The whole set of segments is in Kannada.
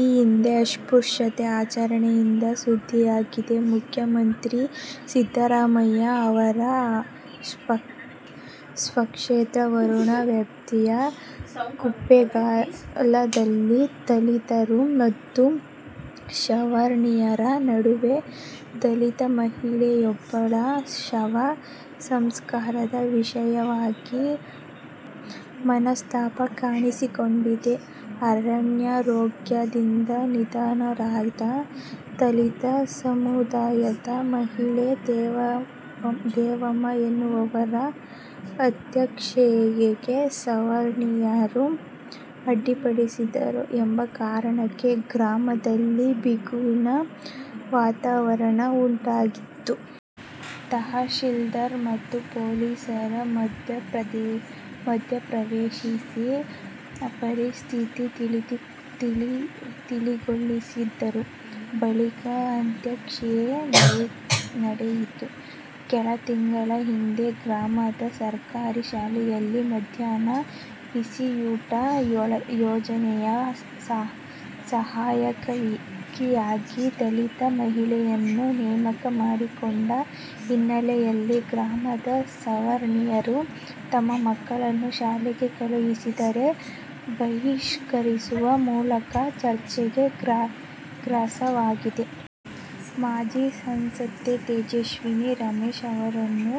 ಈ ಹಿಂದೆ ಅಸ್ಪ್ರುಶ್ಯತೆ ಆಚರಣೆಯಿಂದ ಸುದ್ದಿಯಾಗಿದ್ದ ಮುಖ್ಯಮಂತ್ರಿ ಸಿದ್ದರಾಮಯ್ಯ ಅವರ ಸ್ವಕ್ಷೇತ್ರ ವರುಣ ವ್ಯಾಪ್ತಿಯ ಕುಪ್ಪೇಗಾಲದಲ್ಲಿ ದಲಿತರು ಮತ್ತು ಸವರ್ಣೀಯರ ನಡುವೆ ದಲಿತ ಮಹಿಳೆಯೊಬ್ಬಳ ಶವ ಸಂಸ್ಕಾರದ ವಿಷಯವಾಗಿ ಮನಸ್ತಾಪ ಕಾಣಿಸಿಕೊಂಡಿದೆ. ಅನಾರೋಗ್ಯದಿಂದ ನಿಧನರಾದ ದಲಿತ ಸಮುದಾಯದ ಮಹಿಳೆ ದೇವಮ್ಮ ಎನ್ನುವವರ ಅಂತ್ಯಕ್ರಿಯೆಗೆ ಸವರ್ಣೀಯರು ಅಡ್ಡಿಪಡಿಸಿದರು ಎಂಬ ಕಾರಣಕ್ಕೆ ಗ್ರಾಮದಲ್ಲಿ ಬಿಗುವಿನ ವಾತಾವರಣ ಉಂಟಾಗಿತ್ತು. ತಹಶೀಲ್ದಾರ್ ಮತ್ತು ಪೊಲೀಸರ ಮಧ್ಯಪ್ರವೇಶಿಸಿ ಪರಿಸ್ಥಿತಿ ತಿಳಿಗೊಳಿಸಿದರು. ಬಳಿಕ ಅಂತ್ಯಕ್ರಿಯೆ ನಡೆಯಿತು. ಕೆಲ ತಿಂಗಳ ಹಿಂದೆ ಗ್ರಾಮದ ಸರ್ಕಾರಿ ಶಾಲೆಯಲ್ಲಿ ಮಧ್ಯಾಹ್ನದ ಬಿಸಿಯೂಟ ಯೋಜನೆಯ ಸಹಾಯಕಿಯಾಗಿ ದಲಿತ ಮಹಿಳೆಯನ್ನು ನೇಮಕ ಮಾಡಿಕೊಂಡ ಹಿನ್ನೆಲೆಯಲ್ಲಿ ಗ್ರಾಮದ ಸವರ್ಣೀಯರು ತಮ್ಮ ಮಕ್ಕಳನ್ನು ಶಾಲೆಗೆ ಕಳುಹಿಸದೆ ಬಹಿಷ್ಕರಿಸುವ ಮೂಲಕ ಚರ್ಚೆಗೆ ಗ್ರಾಸವಾಗಿತ್ತು. ಮಾಜಿ ಸಂಸದೆ ತೇಜಸ್ವಿನಿ ರಮೇಶ್ ಅವರನ್ನು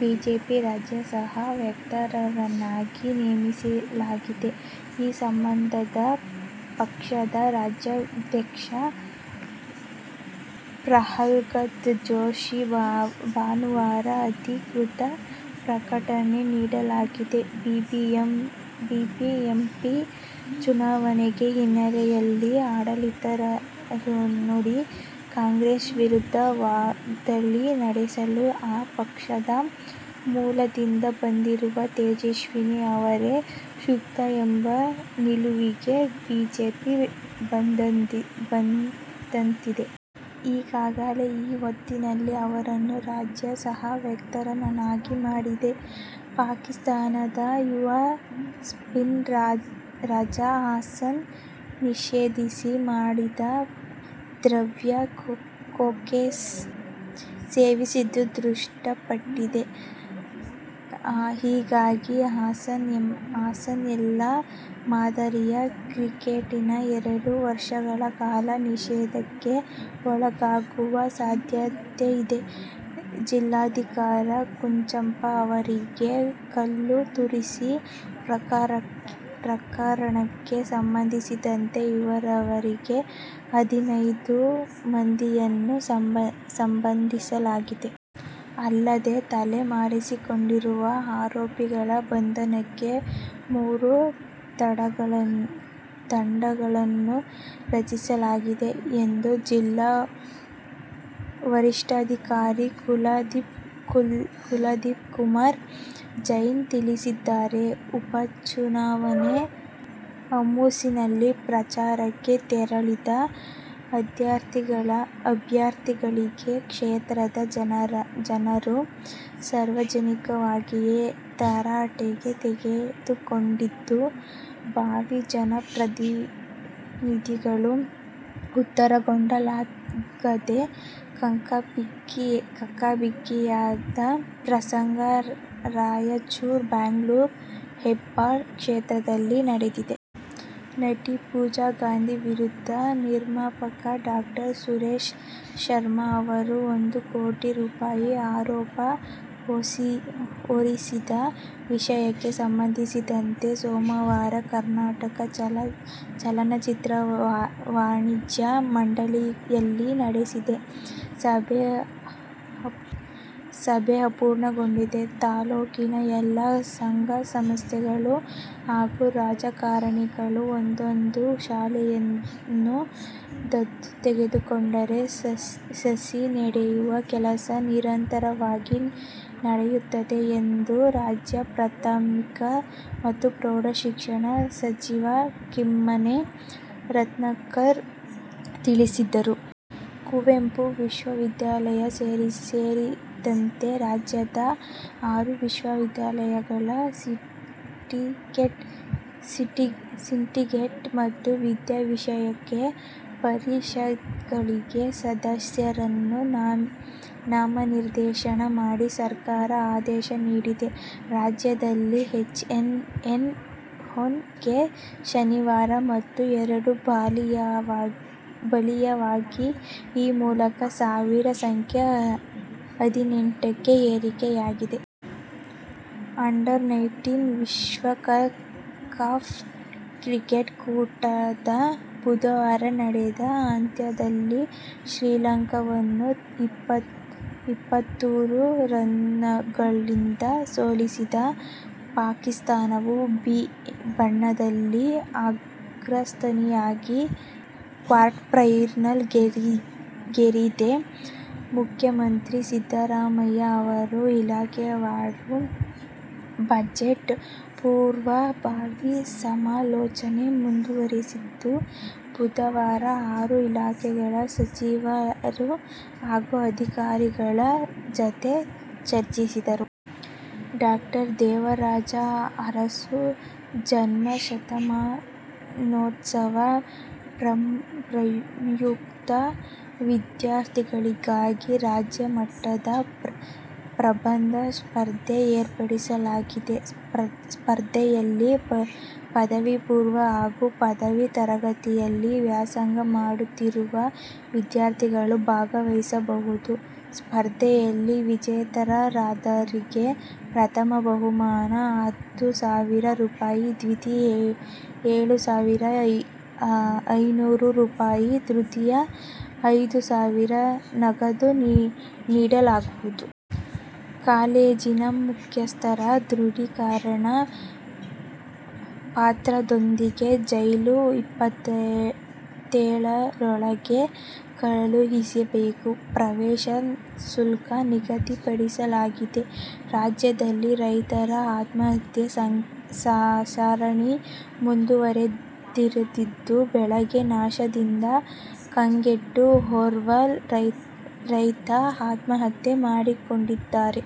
ಬಿಜೆಪಿಯ ರಾಜ್ಯ ಸಹ ವಕ್ತಾರರನ್ನಾಗಿ ನೇಮಿಸಲಾಗಿದೆ. ಈ ಸಂಬಂಧ ಪಕ್ಷದ ರಾಜ್ಯಾಧ್ಯಕ್ಷ ಪ್ರಹ್ಲಾದ್ ಜೋಶಿ ಭಾನುವಾರ ಅಧಿಕೃತ ಪ್ರಕಟಣೆ ನೀಡಿದ್ದಾರೆ. ಬಿಬಿಎಂಪಿ ಚುನಾವಣೆ ಹಿನ್ನೆಲೆಯಲ್ಲಿ ಆಡಳಿತಾರೂಢ ಕಾಂಗ್ರೆಸ್ ವಿರುದ್ಧ ವಾಗ್ಧಾಳಿ ನಡೆಸಲು ಆ ಪಕ್ಷದ ಮೂಲದಿಂದ ಬಂದಿರುವ ತೇಜಸ್ವಿನಿ ಅವರೇ ಸೂಕ್ತ ಎಂಬ ನಿಲುವಿಗೆ ಬಿಜೆಪಿ ಬಂದಂತಿದೆ. ಹೀಗಾಗಿ ಈ ಹೊತ್ತಿನಲ್ಲಿ ಅವರನ್ನು ರಾಜ್ಯ ಸಹ ವಕ್ತಾರರನ್ನಾಗಿ ಮಾಡಿದೆ. ಪಾಕಿಸ್ಥಾನದ ಯುವ ಸ್ಪಿನ್ನರ್ ರಜಾ ಹಸನ್ ನಿಷೇಧಿತ ಮಾದಕ ದ್ರವ್ಯ ಕೊಕೇನ್ ಸೇವಿಸಿದ್ದು ದೃಢಪಟ್ಟಿದೆ. ಹೀಗಾಗಿ ಹಸನ್ ಎಲ್ಲ ಮಾದರಿಯ ಕ್ರಿಕೆಟ್ನಿಂದ ಎರಡು ವರ್ಷಗಳ ಕಾಲ ನಿಷೇಧಕ್ಕೆ ಒಳಗಾಗುವ ಸಾಧ್ಯತೆ ಇದೆ. ಜಿಲ್ಲಾಧಿಕಾರಿ ಕುಂಜಪ್ಪ ಅವರಿಗೆ ಕಲ್ಲು ತೂರಿದ ಪ್ರಕರಣಕ್ಕೆ ಸಂಬಂಧಿಸಿದಂತೆ ಇದುವರೆಗೆ ಹದಿನೈದು ಮಂದಿಯನ್ನು ಬಂಧಿಸಲಾಗಿದೆ. ಅಲ್ಲದೇ ತಲೆ ಮರೆಸಿಕೊಂಡಿರುವ ಆರೋಪಿಗಳ ಬಂಧನಕ್ಕೆ ಮೂರು ತಂಡಗಳನ್ನು ರಚಿಸಲಾಗಿದೆ ಎಂದು ಜಿಲ್ಲಾ ವರಿಷ್ಠಾಧಿಕಾರಿ ಕುಲದೀಪ್ ಕುಮಾರ್ ಜೈನ್ ತಿಳಿಸಿದ್ದಾರೆ. ಉಪಚುನಾವಣೆ ಹುಮ್ಮಸ್ಸಿನಲ್ಲಿ ಪ್ರಚಾರಕ್ಕೆ ತೆರಳಿದ್ದ ಅಭ್ಯರ್ಥಿಗಳಿಗೆ ಕ್ಷೇತ್ರದ ಜನರು ಸಾರ್ವಜನಿಕವಾಗಿಯೇ ತರಾಟೆಗೆ ತೆಗೆದುಕೊಂಡಿದ್ದು, ಭಾವಿ ಜನಪ್ರತಿನಿಧಿಗಳು ಉತ್ತರಕೊಡಲಾಗದೆ ಕಕ್ಕಾಬಿಕ್ಕಿಯಾದ ಪ್ರಸಂಗ ರಾಯಚೂರು, ಬೆಂಗಳೂರಿನ ಹೆಬ್ಬಾಳ ಕ್ಷೇತ್ರದಲ್ಲಿ ನಡೆದಿದೆ. ನಟಿ ಪೂಜಾಗಾಂಧಿ ವಿರುದ್ಧ ನಿರ್ಮಾಪಕ ಡಾ. ಸುರೇಶ್ ಶರ್ಮ ಅವರು ಒಂದು ಕೋಟಿ ರೂಪಾಯಿ ಆರೋಪ ಹೊರಿಸಿದ್ದ ವಿಷಯಕ್ಕೆ ಸಂಬಂಧಿಸಿದಂತೆ, ಸೋಮವಾರ ಕರ್ನಾಟಕ ಚಲನಚಿತ್ರ ವಾಣಿಜ್ಯ ಮಂಡಳಿಯಲ್ಲಿ ನಡೆಸಿದ ಸಭೆ ಅಪೂರ್ಣಗೊಂಡಿದೆ. ತಾಲೂಕಿನ ಎಲ್ಲಾ ಸಂಘ ಸಂಸ್ಥೆಗಳು ಹಾಗೂ ರಾಜಕಾರಣಿಗಳು ಒಂದೊಂದು ಶಾಲೆಯನ್ನು ದತ್ತು ತೆಗೆದುಕೊಂಡರೆ ಸಸಿ ನೆಡುವ ಕೆಲಸ ನಿರಂತರವಾಗಿ ನಡೆಯುತ್ತದೆ ಎಂದು ರಾಜ್ಯ ಪ್ರಾಥಮಿಕ ಮತ್ತು ಪ್ರೌಢ ಶಿಕ್ಷಣ ಸಚಿವ ಕಿಮ್ಮನೆ ರತ್ನಾಕರ್ ತಿಳಿಸಿದರು. ಕುವೆಂಪು ವಿಶ್ವ ವಿದ್ಯಾಲಯ ಸೇರಿದಂತೆ ರಾಜ್ಯದ ಆರು ವಿಶ್ವವಿದ್ಯಾಲಯಗಳ ಸಿಂಡಿಕೇಟ್ ಮತ್ತು ವಿದ್ಯಾವಿಷಯಕ ಪರಿಷತ್ಗಳಿಗೆ ಸದಸ್ಯರನ್ನು ನಾಮನಿರ್ದೇಶನ ಮಾಡಿ ಸರ್ಕಾರ ಆದೇಶ ನೀಡಿದೆ. ರಾಜ್ಯದಲ್ಲಿ ಎಚ್ ಒನ್ ಎನ್ ಒನ್ ಗೆ ಶನಿವಾರ ಮತ್ತೆ ಎರಡು ಬಲಿಯಾಗಿದ್ದು, ಈ ಮೂಲಕ ಸಾವಿನ ಸಂಖ್ಯೆ ಹದಿನೆಂಟಕ್ಕೆ ಏರಿಕೆಯಾಗಿದೆ. ಅಂಡರ್-ನೈಂಟೀನ್ ವಿಶ್ವಕಪ್ ಕ್ರಿಕೆಟ್ ಕೂಟದ ಬುಧವಾರ ನಡೆದ ಪಂದ್ಯದಲ್ಲಿ ಶ್ರೀಲಂಕಾವನ್ನು ಇಪ್ಪತ್ಮೂರು ರನ್ನುಗಳಿಂದ ಸೋಲಿಸಿದ ಪಾಕಿಸ್ಥಾನವು "ಬಿ' ಬಣದಲ್ಲಿ ಅಗ್ರಸ್ಥಾನಿಯಾಗಿ ಕ್ವಾರ್ಟರ್ಫೈನಲ್ ಗೇರಿದೆ. ಮುಖ್ಯಮಂತ್ರಿ ಸಿದ್ದರಾಮಯ್ಯ ಅವರು ಇಲಾಖಾವಾರು ಬಜೆಟ್ ಪೂರ್ವಭಾವಿ ಸಮಾಲೋಚನೆ ಮುಂದುವರಿಸಿದ್ದು, ಬುಧವಾರ ಆರು ಇಲಾಖೆಗಳ ಸಚಿವರು ಹಾಗೂ ಅಧಿಕಾರಿಗಳ ಜತೆ ಚರ್ಚಿಸಿದರು. ಡಿ. ದೇವರಾಜ ಅರಸು ಜನ್ಮ ಶತಮಾನೋತ್ಸವ ಪ್ರಯುಕ್ತ ವಿದ್ಯಾರ್ಥಿಗಳಿಗಾಗಿ ರಾಜ್ಯಮಟ್ಟದ ಪ್ರಬಂಧ ಸ್ಪರ್ಧೆ ಏರ್ಪಡಿಸಲಾಗಿದೆ. ಸ್ಪರ್ಧೆಯಲ್ಲಿ ಪದವಿಪೂರ್ವ ಹಾಗೂ ಪದವಿ ತರಗತಿಯಲ್ಲಿ ವ್ಯಾಸಂಗ ಮಾಡುತ್ತಿರುವ ವಿದ್ಯಾರ್ಥಿಗಳು ಭಾಗವಹಿಸಬಹುದು. ಸ್ಪರ್ಧೆಯಲ್ಲಿ ವಿಜೇತರಾದವರಿಗೆ ಪ್ರಥಮ ಬಹುಮಾನ ಹತ್ತು ಸಾವಿರ ರೂಪಾಯಿ ದ್ವಿತೀಯ ಏಳು ಸಾವಿರದ ಐನೂರು ರೂಪಾಯಿ., ತೃತೀಯ ಐದು ಸಾವಿರ ನಗದು ನೀಡಲಾಗುವುದು. ಕಾಲೇಜಿನ ಮುಖ್ಯಸ್ಥರ ದೃಢೀಕರಣ ಪತ್ರದೊಂದಿಗೆ ಜುಲೈ ಇಪ್ಪತ್ತೇಳರೊಳಗೆ ಕಳುಹಿಸಬೇಕು. ಪ್ರವೇಶ ಶುಲ್ಕ ನಿಗದಿಪಡಿಸಲಾಗಿದೆ. ರಾಜ್ಯದಲ್ಲಿ ರೈತರ ಆತ್ಮಹತ್ಯೆ ಸರಣಿ ಮುಂದುವರಿದಿದ್ದು, ಬೆಳೆ ನಾಶದಿಂದ ಕಂಗೆಟ್ಟು ಓರ್ವ ರೈತ ಆತ್ಮಹತ್ಯೆ ಮಾಡಿಕೊಂಡಿದ್ದರೆ.